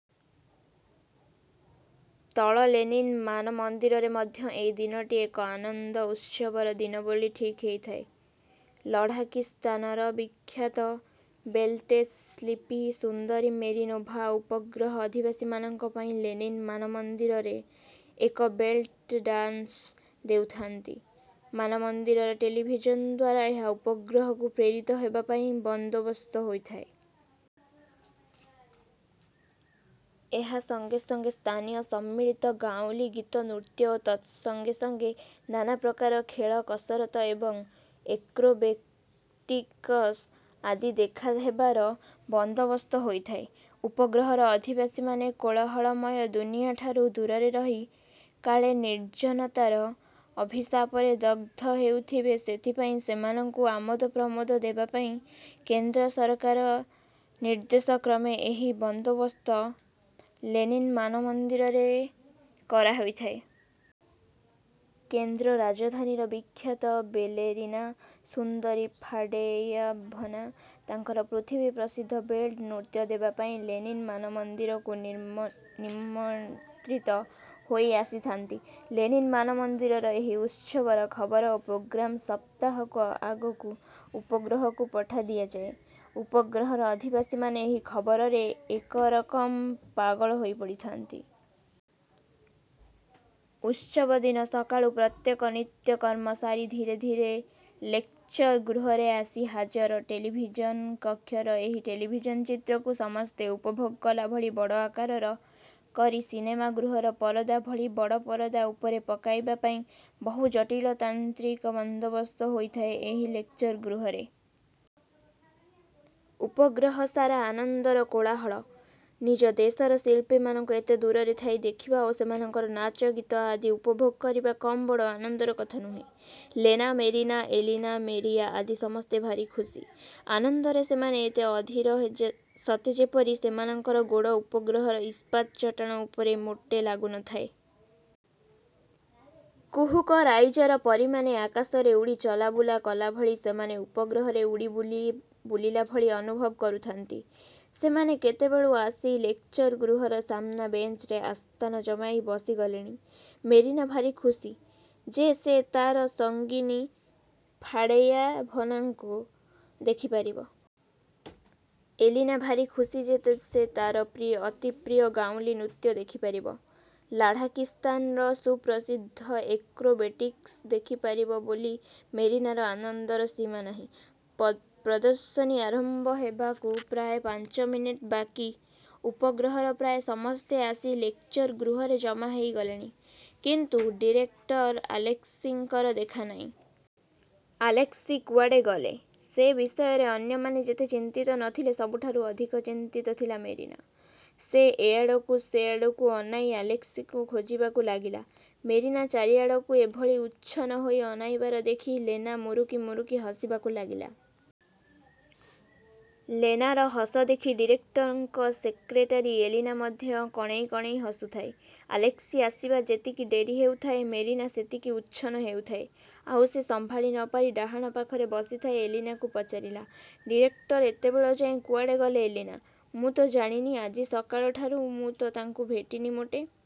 ତଳ ଲେନିନ୍ ମାନମନ୍ଦିରରେ ମଧ୍ୟ ଏଇ ଦିନଟି ଏକ ଆନନ୍ଦଉତ୍ସବର ଦିନ ବୋଲି ଠିକ୍ ହୋଇଥାଏ। ଲଢ଼ାକିସ୍ଥାନର ବିଖ୍ୟାତ ବେଲେଟ୍ ଶିଳ୍ପୀ ସୁନ୍ଦରୀ ମେରିନୋଭା ଉପଗ୍ରହର ଅଧିବାସୀମାନଙ୍କ ପାଇଁ ଲେନିନ୍ ମାନମନ୍ଦିରରେ ଏକ ବେଲେଟ୍ ଡାନସ୍ ଦେଉଥାନ୍ତି। ମାନମନ୍ଦିରର ଟେଲିଭିଜନ୍ ଦ୍ୱାରା ଏହା ଉପଗ୍ରହକୁ ପ୍ରେରିତ ହେବା ପାଇଁ ବନ୍ଦୋବସ୍ତ ହୋଇଥାଏ। ଏହା ସଙ୍ଗେ ସଙ୍ଗେ ସ୍ଥାନୀୟ ସମ୍ମିଳିତ ଗାଉଁଲୀ ଗୀତ, ନୃତ୍ୟ ଓ ତତ୍ ସଙ୍ଗେ ସଙ୍ଗେ; ନାନାପ୍ରକାର ଖେଳ କସରତ୍ ଏବଂ ଏକ୍ରୋବେଟିକସ୍ ଆଦି ଦେଖାହେବାର ବନ୍ଦୋବସ୍ତ ହୋଇଥାଏ। ଉପଗ୍ରହର ଅଧିବାସୀମାନେ କୋଳାହଳମୟ ଦୁନିଆଠାରୁ ଦୂରରେ ରହି କାଳେ ନିର୍ଜ୍ଜନତାର ଅଭିଶାପରେ ଦଗଧ ହେଉଥିବେ ସେଥିପାଇଁ ସେମାନଙ୍କୁ ଆମୋଦପ୍ରମୋଦ ଦେବାପାଇଁ କେନ୍ଦ୍ର ସରକାରଙ୍କର ନିର୍ଦ୍ଦେଶକ୍ରମେ ଏହି ବନ୍ଦୋବସ୍ତ ଲେନିନ୍ ମାନମନ୍ଦିରରେ କରାହୋଇଥାଏ। କେନ୍ଦ୍ର ରାଜଧାନୀର ବିଖ୍ୟାତ ବେଲେରିନା ସୁନ୍ଦରୀ ଫାଡ଼େୟାଭନା ତାଙ୍କର ପୃଥିବୀ ପ୍ରସିଦ୍ଧ ବେଲେଟ୍ ନୃତ୍ୟ ଦେବାପାଇଁ ଲେନିନ୍ ମାନମନ୍ଦିରକୁ ନିମନ୍ତ୍ରିତ ହୋଇ ଆସିଥାନ୍ତି। ଲେନିନ୍ ମାନମନ୍ଦିରର ଏହି ଉତ୍ସବର ଖବର ଓ ପ୍ରୋଗ୍ରାମ୍ ସପ୍ତାହକ ଆଗରୁ ଉପଗ୍ରହକୁ ପଠାଇ ଦିଆଯାଇଥାଏ। ଉପଗ୍ରହର ଅଧିବାସୀମାନେ ଏହି ଖବରରେ ଏକରକମ୍ ପାଗଳ ହୋଇପଡ଼ିଥାନ୍ତି-। ଉତ୍ସବ ଦିନ ସକାଳୁ ପ୍ରତ୍ୟେକେ ନିତ୍ୟକର୍ମ ସାରି ଧୀରେ ଧୀରେ ଲେକ୍ଚର୍ ଗୃହରେ ଆସି ହାଜର-। ଟେଲିଭିଜନ୍ କକ୍ଷର ଏହି ଟେଲିଭିଜନ୍ ଚିତ୍ରକୁ ସମସ୍ତେ ଉପଭୋଗ କଲାଭଳି ବଡ଼ ଆକାରର କରି ସିନେମାଗୃହର ପରଦାଭଳି ବଡ଼ ପରଦା ଉପରେ ପକାଇବା ପାଇଁ ବହୁ ଜଟିଳ ଯାନ୍ତ୍ରିକ ବନ୍ଦୋବସ୍ତ ହୋଇଥାଏ ଏହି ଲେକ୍ଚର ଗୃହରେ। ଉପଗ୍ରହ ସାରା ଆନନ୍ଦର କୋଳାହଳ। ନିଜ ଦେଶର ଶିଳ୍ପୀମାନଙ୍କୁ ଏତେ ଦୂରରେ ଥାଇ ଦେଖିବା ଓ ସେମାନଙ୍କର ନାଚ, ଗୀତ ଆଦି ଉପଭୋଗ କରିବା କମ୍ ବଡ଼ ଆନନ୍ଦର କଥା ନୁହେଁ। ଲେନା, ମେରିନା, ଏଲିନା, ମେରିଆ ଆଦି ସମସ୍ତେ ଭାରି ଖୁସି। ଆନନ୍ଦରେ ସେମାନେ ଏତେ ଅଧିର ସତେ ଯେପରି ସେମାନଙ୍କ ଗୋଡ଼ ଉପଗ୍ରହର ଇସ୍ପାତ୍ ଚଟାଣ ଉପରେ ମୋଟେ ଲାଗୁ ନ ଥାଏ। କୁହୁକ ରାଇଜର ପରୀମାନେ ଆକାଶରେ ଉଡ଼ି ଚଲାବୁଲା କଲାଭଳି ସେମାନେ ଉପଗ୍ରହରେ ଉଡ଼ି ବୁଲିଲା ଭଳି ଅନୁଭବ କରୁଥାନ୍ତି। ସେମାନେ କେତେବେଳୁ ଆସି ଲେକ୍ଚର୍ ଗୃହର ସାମନା ବେଞ୍ଚରେ ଆସ୍ଥାନ ଜମାଇ ବସିଗଲେଣି।। ମେରିନା ଭାରି ଖୁସି ଯେ ସେ ତା'ର ସଙ୍ଗିନୀ ଫାଡ଼େୟାଭନାକୁ ଦେଖିପାରିବ। ଏଲିନା ଭାରି ଖୁସି ଯେ ସେ ତା'ର ଅତିପ୍ରିୟ ଗାଉଁଲି ନୃତ୍ୟ ଦେଖିପାରିବ। ଲାଢ଼ାକିସ୍ଥାନର ସୁପ୍ରସିଦ୍ଧ ଏକ୍ରୋବେଟିକ୍ସ ଦେଖିପାରିବ ବୋଲି ମେରିନାର ଆନନ୍ଦର ସୀମା ନାହିଁ। ପ୍ରଦର୍ଶିନୀ ଆରମ୍ଭ ହେବାକୁ ପ୍ରାୟ ପାଞ୍ଚମିନିଟ୍ ବାକି। ଉପଗ୍ରହର ପ୍ରାୟ ସମସ୍ତେ ଆସି ଲେକ୍ଚର ଗୃହରେ ଜମାହୋଇ ଗଲେଣି, କିନ୍ତୁ ଡିରେକଟର ଆଲେସ୍କିଙ୍କର ଦେଖାନାହିଁ। ଆଲେସ୍କି କୁଆଡ଼େ ଗଲେ, ସେ ବିଷୟରେ ଅନ୍ୟମାନେ ଯେତେ ଚିନ୍ତିତ ନ ଥିଲେ, ସବୁଠାରୁ ଅଧିକ ଚିନ୍ତିତା ଥିଲା ମେରିନା। ସେ ଏଆଡ଼କୁ ସେ ଆଡ଼କୁ ଅନାଇ ଆଲେସ୍କିଙ୍କୁ ଖୋଜିବାକୁ ଲାଗିଲା। ମେରିନା ଚାରିଆଡ଼କୁ ଏଭଳି ଉଚ୍ଛନ୍ନ ହୋଇ ଅନାଇବାର ଦେଖି ଲେନା ମୁରୁକି ମୁରୁକି ହସିବାକୁ ଲାଗିଲା। ଲେନାର ହସ ଦେଖି ଡିରେକ୍ଟରଙ୍କ ସେକ୍ରେଟାରୀ ଏଲିନା ମଧ୍ୟ କଣେଇ କଣେଇ ହସୁଥାଏ। ଆଲେସ୍କି ଆସିବା ଯେତିକି ଡେରି ହେଉଥାଏ, ମେରିନା ସେତିକି ଉଚ୍ଛନ୍ନ ହେଉଥାଏ। ସେ ଆଉ ସମ୍ଭାଳି ନପାରି ଡାହାଣ ପାଖରେ ବସିଥାଏ ଏଲିନାକୁ ପଚାରିଲା–''ଡିରେକ୍ଟର ଏତେବେଳଯାଏ କୁଆଡ଼େ ଗଲେ ଏଲିନା? '' ''ମୁଁ ତ ଜାଣିନି, ଆଜି ସକାଳଠାରୁ ମୁଁ ତ ତାଙ୍କୁ ଭେଟିନି ମୋଟେ।